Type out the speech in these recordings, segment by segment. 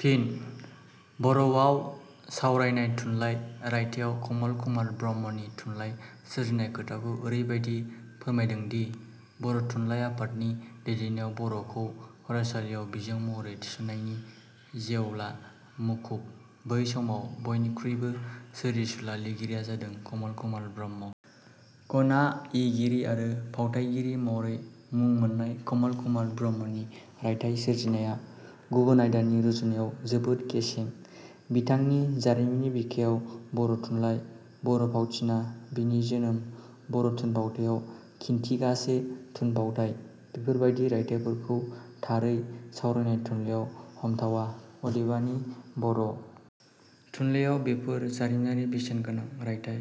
फिन: 'बर'वाव सावरायनाय थुनलाइ' रायथाइयाव कमल कुमार ब्रह्मनि थुनलाइ सोरजिनाय खोथाखौ एरैबादि फोरमायदोंदि- बर' थुनलाइ आफादनि दैदेननायाव बर 'खौ फरायसालियाव बिजों महरै थिसननायनि जेव्ला मुखुब, बै समाव बयनिखुइबो सोरजिसुला लिरगिरिया जादों कमल कुमार ब्रह्म। खनायइगिरि आरो फावथाइगिरि महरै मुं मोननाय कमल कुमार ब्रह्मनि रायथाइ सोरजिनाया, गुबुन आयदानि रुजुनायाव जोबोद गेसें। बिथांनि 'जारिमिननि बिखायाव बर' थुनलाइ', 'बर' फावथिनाः बेनि जोनोम', 'बर' थुनफावथाइयाव खिनथिगासे थुनफावथाइ'- बेफोरबादि रायथाइफोरखौ थारै सावरायनाय थुनलाइयाव हमथावा, अदेबानि बर'। थुनलाइयाव बेफोर जारिमिनारि बेसेन गोनां रायथाइ।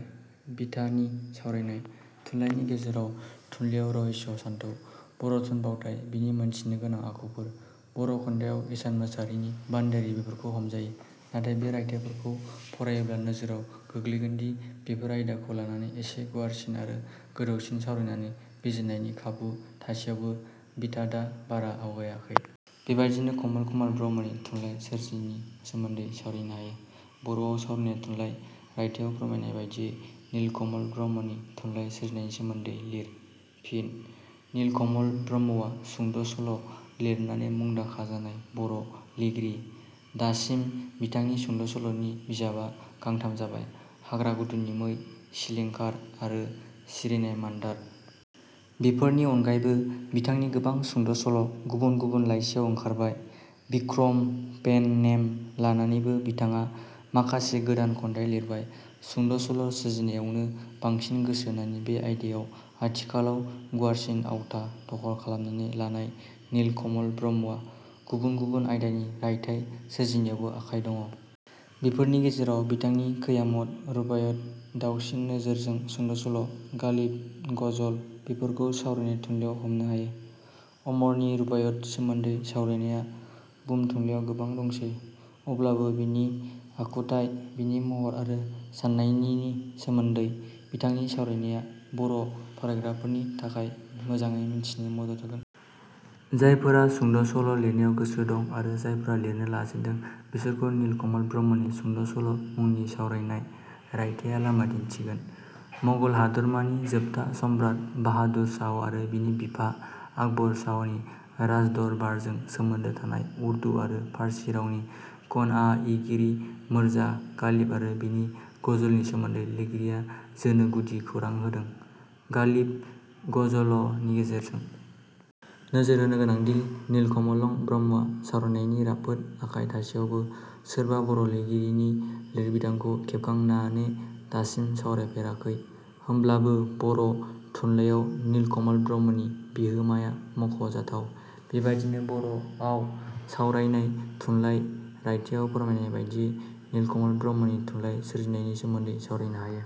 बिथानि सावरायनाय। थुनलाइनि गेजेराव ' थुनलाइयाव रहस्य सानथौ', बर' थुनफावथाय: बेनि मोनथिनो गोनां आखुफोर' 'बर' खन्थाइयाव इसान मोसाहारिनि भाण्डारि बेफोरखौ हमजायो। नाथाय बे रायथाइफोरखौ फरायब्ला नोजोराव गोग्लैगोनदि बेफोर आयदाखौ लानानै एसे गुवारसिन आरो गोथौसिन सावरायनानै बिजिरनायनि खाबु थासेयावबो बिथाडा बारा आवगायाखै। बेबादिनो कमल कुमार ब्रह्मनि थुनलाइ सोरजिनि सोमोन्दै सावरायनो हायो। 'बर 'वाव सावरायनाय थुनलाइ रायथाइयाव फोरमायनाय बादियै नीलकमल ब्रह्मनि थुनलाइ सोरजिनायनि सोमोन्दै लिर। फिनः नीलकमल ब्रह्मआ सुंद' सल' लिरनानै मुंदांखा जानाय बर' लिरगिरि। दासिम बिथांनि सुंद'सल'नि बिजाबा गांथाम जाबाय- 'हाग्रा गुदुनि मै', 'सिलिंखार' आरो 'सिरिनाय मान्दार'। बेफोरनि अनगायैबो बिथांनि गोबां सुंद' सल' गुबुन गुबुन लाइसियाव ओंखारबाय। बिक्रम पेन-नेम लानानैबो – बिथाङा माखासे गोदान खन्थाइ लिरबाय। सुंद' सल' सोरजिनायावनो बांसिन गोसो होनानै बे आयदायाव आथिखाल गुवारसिन आवथा दखल खालामनानै लानाय नीलकमल ब्रह्मआ गुबुन गुबुन आयदानि रायथाइ सोरजिनायावबो आखाइ दं। बेफोरनि गेजेराव बिथांनि खैयामन रुबायत: दावसिन नोजोरजों, सुंद' सल', गालिब गजल बेफोरखौ सावरायनाय थुनलाइयाव हमनो हायो। अमरनि रुबाइतनि सोमोन्दै सावरायनाया भुम थुनलाइयाव गोबां दंसै। अब्लाबो बेनि आखुथाइ, बेनि महर आरो साननिनि सोमोन्दै बिथांनि सावरायनाया बर' फरायग्राफोरनि थाखाय मोजाडै मोनथिनो मदद होगोन। जायफोरहा सुंद 'सल' लिरनायाव गोसो दं आरो जायफोरा लिरनो लाजेन्दों, बिसोरखौ नीलकमल ब्रह्मनि 'सुंद' सल' मुनि सावरायनाय रायथाइँया लामा दिन्थिगोन। मगल हादरमा नि जोबथा सम्राट बाहादुर शाह आरो बेनि बिफा आकबर शाहनि राजदरबारजों सोमोन्दो थानाय, उर्दु आरो पार्ची रावनि खन्याइगिरि मीर्जा गालिब आरो बेनि गजलनि सोमोन्दै लिरगिरिया जोनो गुदि खौरां होदों 'गालिब: गजल' नि गेजेरजों। नोजोर होनो गोनांदि नीलकमलं ब्रह्मआ सावरायनायनि राफोद आखाइ थासेयावबो सोरबा बर' लिरगिरिनि लिरबिदांखौ खेबखांनाने दासिम सावरायफोराखै। होमब्लाबो बर' थुनलाइयाव नीलकमल ब्रह्मनि- बिहोमाया मख 'जाथाव। बेबादिनों 'बर 'वाव सावरायनाय थुनलाइ ' रायथाइयाव फोरमायनाय बादियै नीलकमल ब्रह्मनि थुनलाय सोरजिनायनि सोमोन्दै सावरायनो हायो।